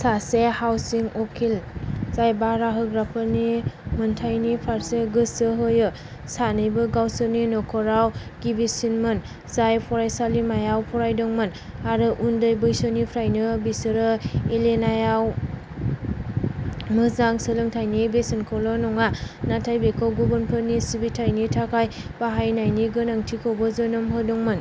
सासे हाउसिं उखिल, जाय भारा होग्राफोरनि मोनथायनि फारसे गोसो होयो। सानैबो गावसोरनि नख'राव गिबिसिनमोन जाय फरायसालिमायाव फरायदोंमोन। आरो उन्दै बैसोनिफ्रायनो, बिसोरो एलेनायाव मोजां सोलोंथायनि बेसेनखौल'नङा, नाथाय बेखौ गुबुनफोरनि सिबिथायनि थाखाय बाहायनायनि गोनांथिखौबो जोनोम होदोंमोन।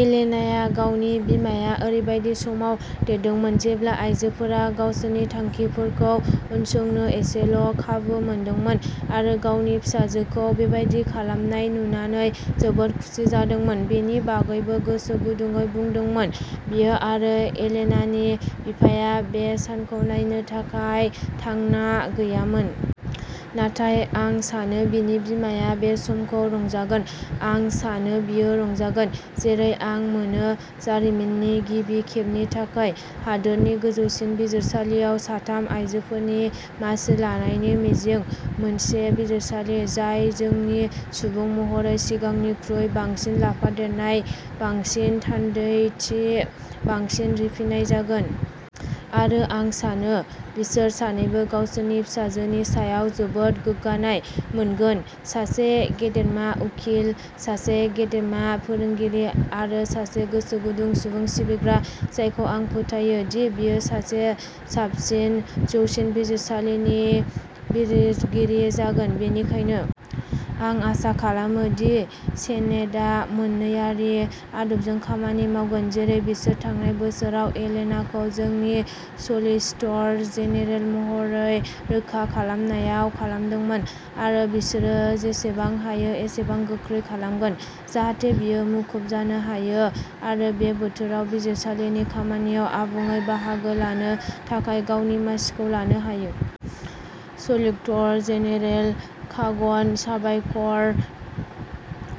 एलेनाया गावनि बिमाया ओरैबायदि समाव देरदोंमोन जेब्ला आइजोफोरा गावसोरनि थांखिफोरखौ उनसंनो एसेल'खाबु मोनदोंमोन आरो गावनि फिसाजोखौ बेबादि खालामनाय नुनानै जोबोद खुसि जादोंमोन बेनि बागैबो गोसो गुदुंयै बुंदोंमोन। बियो, आरो एलेनानि बिफाया, बे सानखौ नायनो थाखाय थांना गैयामोन। नाथाय आं सानो बिनि बिमाया बे समखौ रंजागोन। आं सानो बियो रंजागोन जेरै आं मोनो जारिमिननि गिबि खेबनि थाखाय हादोरनि गोजौसिन बिजिरसालियाव साथाम आयजोफोरनि मासि लानायनि मिजिं। मोनसे बिजिरसालि जाय जोंनि सुबुं महरै सिगांनिख्रुइ बांसिन लाफादेरनाय, बांसिन थान्दैथि, बांसिन रिफिनाय जागोन। आरो आं सानो। बिसोर सानैबो गावसोरनि फिसाजोनि सायाव जोबोद गोग्गानाय मोनगोन-सासे गेदेमा उखिल, सासे गेदेमा फोरोंगिरि, आरो सासे गोसोगुदुं सुबुं सिबिग्रा, जायखौ आं फोथायो दि बियो सासे साबसिन जौसिन बिजिरसालिनि बिजिरगिरि जागोन। बेनिखायनो आं आसा खालामो दि सेनेटआ मोन्नैआरि आदबजों खामानि मावगोन, जेरै बिसोर थांनाय बोसोराव एलेनाखौ जोंनि सलिसिटर जेनेरेल महरै रोखा खालामनायाव खालामदोंमोन, आरो बिसोरो जेसेबां हायो एसेबां गोख्रै खालामगोन, जाहाथे बियो मुखुब जानो हायो आरो बे बोथोराव बिजिरसालिनि खामानियाव आबुङै बाहागो लानो थाखाय गावनि मासिखौ लानो हायो। सलिक्टर जेनेरेल कागनः साबायखर,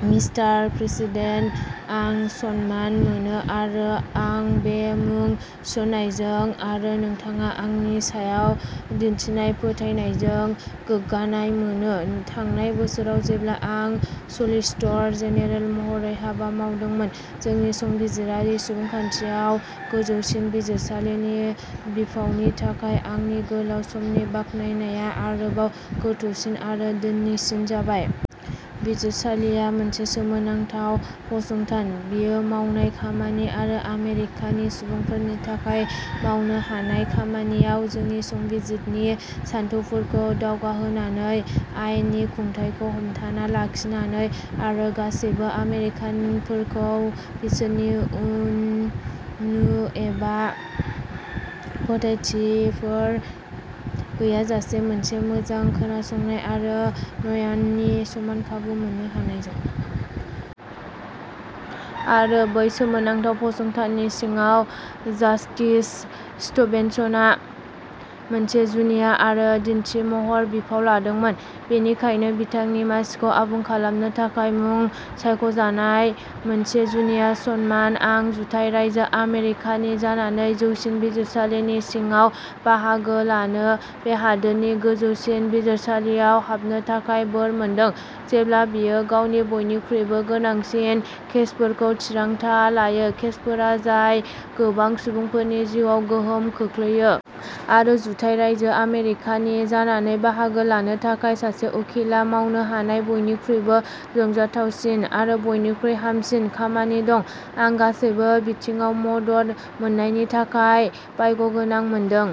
मिस्टार प्रेसिदेन्ट। आं सनमान मोनो आरो आं बे मुं थिसननायजों आरो नोंथाङा आंनि सायाव दिन्थिनाय फोथायनायजों गोग्गानाय मोनो। थांनाय बोसोराव जेब्ला आं सलिसिटर जेनेरेल महरै हाबा मावदोंमोन, जोंनि संबिजिरारि सुबुंखान्थियाव गोजौसिन बिजिरसालिनि बिफावनि थाखाय आंनि गोलाव समनि बाख्नायनाया आरोबाव गोथौसिन आरो धोनिसिन जाबाय। बिजिरसालिया मोनसे सोमोनांथाव फसंथान। बेयो मावनाय खामानि आरो आमेरिकानि सुबुंफोरनि थाखाय मावनो हानाय खामानियाव जोंनि संबिजिदनि सानथौफोरखौ दावगाहोनानै, आयेननि खुंथायखौ हमथाना लाखिनानै, आरो गासिबो आमेरिकानफोरखौ, बिसोरनि उननु एबा फोथायथिफोर गैयाजासे, मोनसे मोजां खोनासंनाय आरो न्यायनि समान खाबु मोन्नो हानायजों। आरो बै सोमोनांथाव फसंथाननि सिङाव, जास्टिस स्टिभेन्सआ मोनसे जुनिया आरो दिन्थिमहर बिफाव लादोंमोन। बेनिखायनो, बिथांनि मासिखौ आबुं खालामनो थाखाय मुं सायख'जानायआ मोनसे जुनिया सनमान। आं जुथाइ रायजो आमेरिकानि जानानै जौसिन बिजिरसालिनि सिगाङाव बाहागो लानो, बे हादोरनि गोजौसिन बिजिरसालियाव हाबनो थाखाय बोर मोनदों, जेब्ला बेयो गावनि बयनिख्रुइबो गोनांसिन केसफोरखौ थिरांथा लायो, केसफोर जाय गोबां सुबुंफोरनि जिउआव गोहोम खोख्लैयो। आरो जुथाइ रायजो आमेरिकानि जानानै बाहागो लानो थाखाय सासे उखिलआ मावनो हानाय बयनिख्रुइबो रंजाथावसिन आरो बयनिख्रुइबो हामसिन खामानि दं। आं गासिबो बिथिङाव मदद मोन्नायनि थाखाय भाग्यगोनां मोनदों।